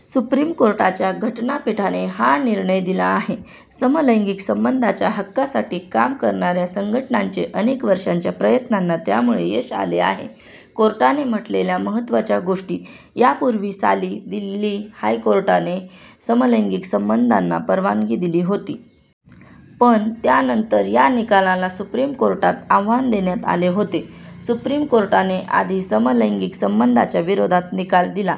Supreme कोर्टाच्या घटनापीठाने हा निर्णय दिला आहे. समलैंगिक संबंधांच्या हक्कासाठी काम करणाऱ्या संघटनांचे अनेक वर्षांच्या प्रयत्नांना त्यामुळे यश आले आहे. कोर्टाने म्हटलेल्या महत्त्वाच्या गोष्टी: यापूर्वी साली दिल्ली हायकोर्टाने समलैंगिक संबंधांना परवानगी दिली होती. पण त्यानंतर या निकालाला सुप्रीम कोर्टात आव्हान देण्यात आले होते. सुप्रीम कोर्टाने आधी समलैंगिक संबंधांच्या विरोधात निकाल दिला.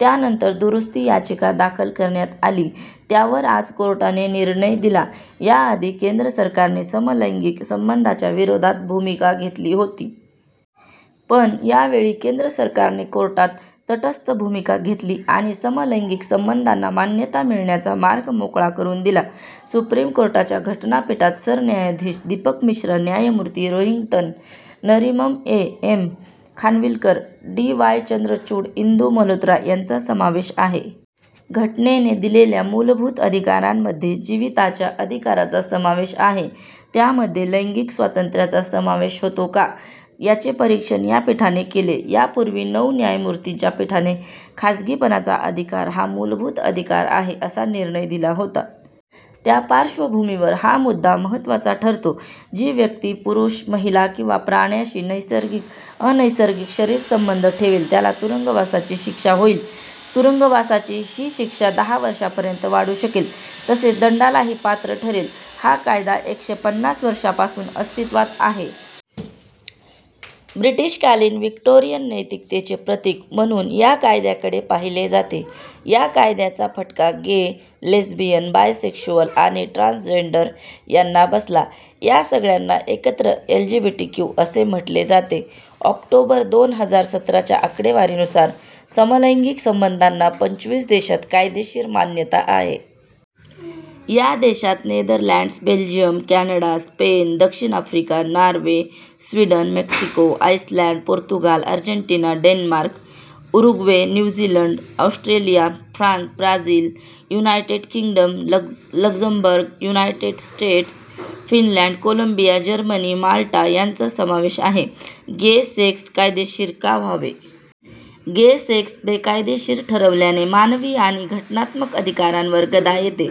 त्यानंतर दुरुस्ती याचिका दाखल करण्यात आली. त्यावर आज कोर्टाने निर्णय दिला. याआधी केंद्र सरकारने समलैंगिक संबंधांच्या विरोधात भूमिका घेतली होती. पण यावेळी केंद्र सरकारने कोर्टात तटस्थ भूमिका घेतली आणि समलैंगिक संबंधांना मान्यता मिळण्याचा मार्ग मोकळा करून दिला. सुप्रीम कोर्टाच्या घटनापीठात सरन्यायाधीश दीपक मिश्रा, न्यायमूर्ती Rohinton Nariman, A. M. Khanwilkar, D. Y. Chandrachud, Indu Malhotra यांचा समावेश आहे. घटनेने दिलेल्या मूलभूत अधिकारांमध्ये जीविताच्या अधिकाराचा समावेश आहे. त्यामध्ये लैंगिक स्वातंत्र्याचा समावेश होतो का याचे परीक्षण या पीठाने केले. यापूर्वी नऊ न्यायमूर्तींच्या पीठाने खासगीपणाचा अधिकार हा मूलभूत अधिकार आहे, असा निर्णय दिला होता. त्या पार्श्वभूमीवर हा मुद्दा महत्त्वाचा ठरतो. जी व्यक्ती पुरुष, महिला किंवा प्राण्याशी अनैसर्गिक शरीरसंबंध ठेवेल त्याला तुरुंगवासाची शिक्षा होईल. तुरुंगवासाची ही शिक्षा दहा वर्षांपर्यंत वाढू शकेल, तसेच दंडालाही पात्र ठरेल. हा कायदा एकशे पन्नास वर्षांपासून अस्तित्वात आहे. ब्रिटिशकालीन व्हिक्टोरियन नैतिकतेचे प्रतीक म्हणून या कायद्याकडे पाहिले जाते. या कायद्याचा फटका गे, लेस्बियन, बायसेक्शुअल आणि ट्रान्सजेंडर्स यांना बसला. या सगळ्यांना एकत्र एलजीबीटीक्यू असे म्हटले जाते. ऑक्टोबर दोन हजार सत्राच्या आकडेवारीनुसार समलैंगिक संबंधांना पंचवीस देशांत कायदेशीर मान्यता आहे. या देशांत नेदरलँड्स, बेल्जियम, कॅनडा, स्पेन, दक्षिण Africa, Norway, Sweden, Mexico, Iceland, Portugal, Argentina, Denmark, Uruguay, New Zealand, Australia, France, Brazil, United Kingdom, Luxembourg, United States, Finland, Colombia, Germany, Malta यांचा समावेश आहे. गे सेक्स कायदेशीर का व्हावे? गे सेक्स बेकायदेशीर ठरवल्याने मानवी आणि घटनात्मक अधिकारांवर गदा येते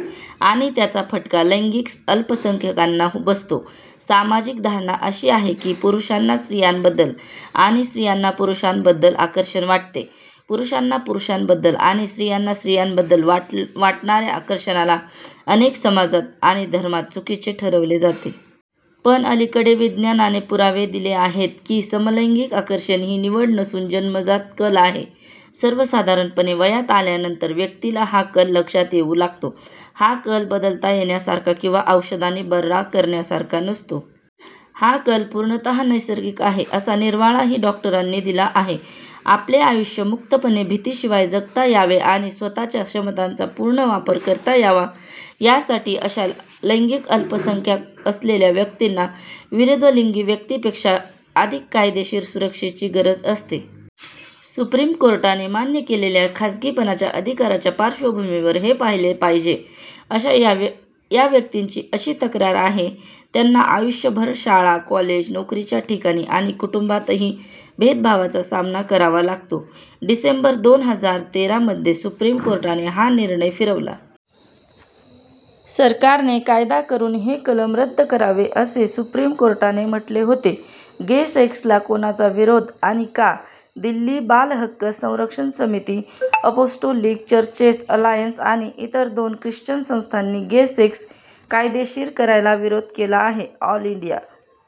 आणि त्याचा फटका लैंगिक अल्पसंख्याकांना बसतो. सामाजिक धारणा अशी आहे की पुरुषांना स्त्रियांबद्दल आणि स्त्रियांना पुरुषांबद्दल आकर्षण वाटते. पुरुषांना पुरुषांबद्दल आणि स्त्रियांना स्त्रियांबद्दल वाटणाऱ्या आकर्षणाला अनेक समाजांत आणि धर्मांत चुकीचे ठरवले जाते. पण अलीकडे विज्ञानाने पुरावे दिले आहेत की समलैंगिक आकर्षण ही निवड नसून जन्मजात कल आहे. सर्वसाधारणपणे वयात आल्यानंतर व्यक्तीला हा कल लक्षात येऊ लागतो. हा कल बदलता येण्यासारखा किंवा औषधांनी 'बरा' करण्यासारखा नसतो. हा कल पूर्णतः नैसर्गिक आहे, असा निर्वाळाही डॉक्टरांनी दिला आहे. आपले आयुष्य मुक्तपणे, भीतीशिवाय जगता यावे आणि स्वतःच्या क्षमतांचा पूर्ण वापर करता यावा यासाठी अशा लैंगिक अल्पसंख्याक असलेल्या व्यक्तींना विरुद्धलिंगी व्यक्तींपेक्षा अधिक कायदेशीर सुरक्षेची गरज असते. सुप्रीम कोर्टाने मान्य केलेल्या खासगीपणाच्या अधिकाराच्या पार्श्वभूमीवर हे पाहिले पाहिजे. या व्यक्तींची अशी तक्रार आहे त्यांना आयुष्यभर शाळा, कॉलेज, नोकरीच्या ठिकाणी आणि कुटुंबातही भेदभावाचा सामना करावा लागतो. डिसेंबर दोन हजार तेरामध्ये सुप्रीम कोर्टाने हा निर्णय फिरवला. सरकारने कायदा करून हे कलम रद्द करावे, असे सुप्रीम कोर्टाने म्हटले होते. गे-सेक्सला कोणाचा विरोध आणि का? दिल्ली बालहक्क संरक्षण समिती, अपोस्टोलिक चर्चेस अलायन्स आणि इतर दोन ख्रिश्चन संस्थांनी गे सेक्स कायदेशीर करायला विरोध केला आहे. All India